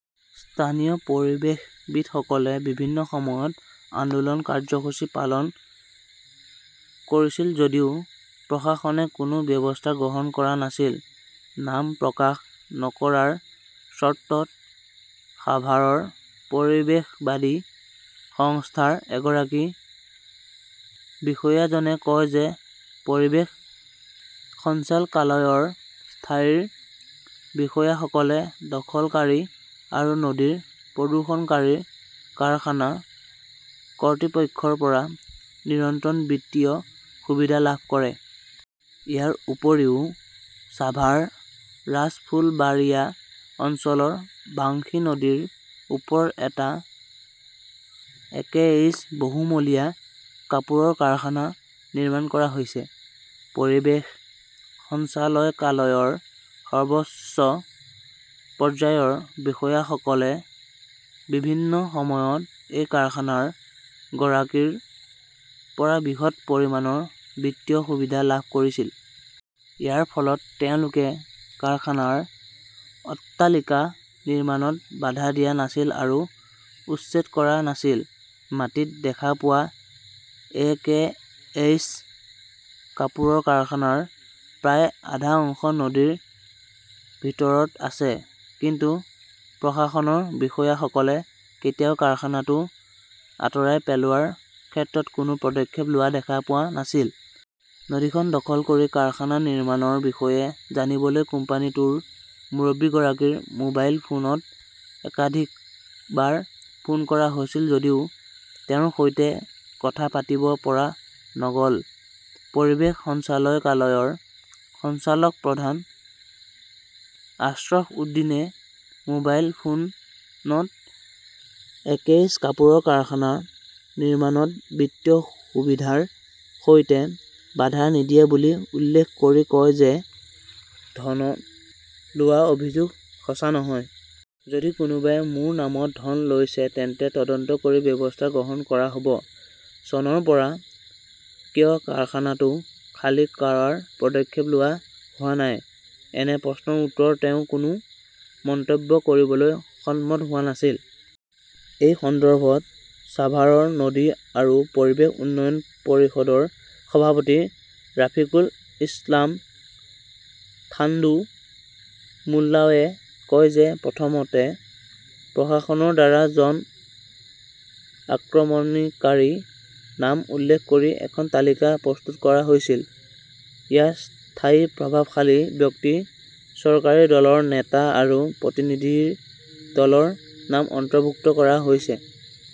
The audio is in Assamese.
স্থানীয় পৰিৱেশবিদসকলে বিভিন্ন সময়ত আন্দোলন কাৰ্যসূচী পালন কৰিছিল যদিও প্ৰশাসনে কোনো ব্যৱস্থা গ্ৰহণ কৰা নাছিল। নাম প্ৰকাশ নকৰাৰ চৰ্তত সাভাৰৰ পৰিৱেশবাদী সংস্থাৰ এগৰাকী বিষয়াজনে কয় যে পৰিৱেশ সঞ্চালকালয়ৰ স্থানীয় বিষয়াসকলে দখলকাৰী আৰু নদী প্ৰদূষণকাৰী কাৰখানা কৰ্তৃপক্ষৰ পৰা নিৰন্তৰ বিত্তীয় সুবিধা লাভ কৰে। ইয়াৰ উপৰিও ছাভাৰৰ ৰাজফুলবাৰিয়া অঞ্চলৰ বাংশী নদীৰ ওপৰত এটা একেএইচ বহুমহলীয়া কাপোৰৰ কাৰখানা নিৰ্মাণ কৰা হৈছে। পৰিৱেশ সঞ্চালকালয়ৰ সৰ্বোচ্চ পৰ্যায়ৰ বিষয়াসকলেও বিভিন্ন সময়ত এই কাৰখানাৰ গৰাকীৰ পৰা বৃহৎ পৰিমাণৰ বিত্তীয় সুবিধা লাভ কৰিছিল। ইয়াৰ ফলত তেওঁলোকে কাৰখানাৰ অট্টালিকা নিৰ্মাণত বাধা দিয়া নাছিল আৰু উচ্ছেদ কৰা নাছিল। মাটিত দেখা পোৱা এ. কে. এইচ. কাপোৰ কাৰখানাৰ প্ৰায় আধা অংশ নদীৰ ভিতৰত আছে। কিন্তু প্ৰশাসনৰ বিষয়াসকলে কেতিয়াও কাৰখানাটো আঁতৰাই পেলোৱাৰ ক্ষেত্ৰত কোনো পদক্ষেপ লোৱা দেখা পোৱা নাছিল। নদীখন দখল কৰি কাৰখানা নিৰ্মাণৰ বিষয়ে জানিবলৈ কোম্পানীটোৰ মুৰব্বীগৰাকীৰ মোবাইল ফোনত একাধিকবাৰ ফোন কৰা হৈছিল যদিও তেওঁৰ সৈতে কথা পাতিব পৰা নগ "ল। পৰিৱেশ সঞ্চালকালয়ৰ সঞ্চালক প্ৰধান আশ্ৰফ উদ্দিনে মোবাইল ফোনত একেএইচ কাপোৰৰ কাৰখানা নিৰ্মাণত বিত্তীয় সুবিধাৰ সৈতে বাধা নিদিয়ে বুলি উল্লেখ কৰি কয় যে ধন লোৱাৰ অভিযোগ সঁচা নহয়। যদি কোনোবাই মোৰ নামত ধন লৈছে তেন্তে তদন্ত কৰি ব্যৱস্থা গ্ৰহণ কৰা হ "ব। চনৰ পৰা কিয় কাৰখানাটো খালী কৰাৰ পদক্ষেপ লোৱা হোৱা নাই? এনে প্ৰশ্নৰ উত্তৰত তেওঁ কোনো মন্তব্য কৰিবলৈ সন্মত হোৱা নাছিল। এই সন্দৰ্ভত ছাভাৰৰ 'নদী আৰু পৰিৱেশ উন্নয়ন "পৰিষদৰ সভাপতি ৰাফিকল ইছলাম থান্ডু মোল্লাৱে কয় যে প্ৰথমতে প্ৰশাসনৰ দ্বাৰা জন আক্ৰমণকাৰীৰ নাম উল্লেখ কৰি এখন তালিকা প্ৰস্তুত কৰা হৈছিল। ইয়াত স্থানীয় প্ৰভাৱশালী ব্যক্তি, চৰকাৰী দলৰ নেতা আৰু প্ৰতিনিধি দলৰ নাম অন্তৰ্ভুক্ত কৰা হৈছে।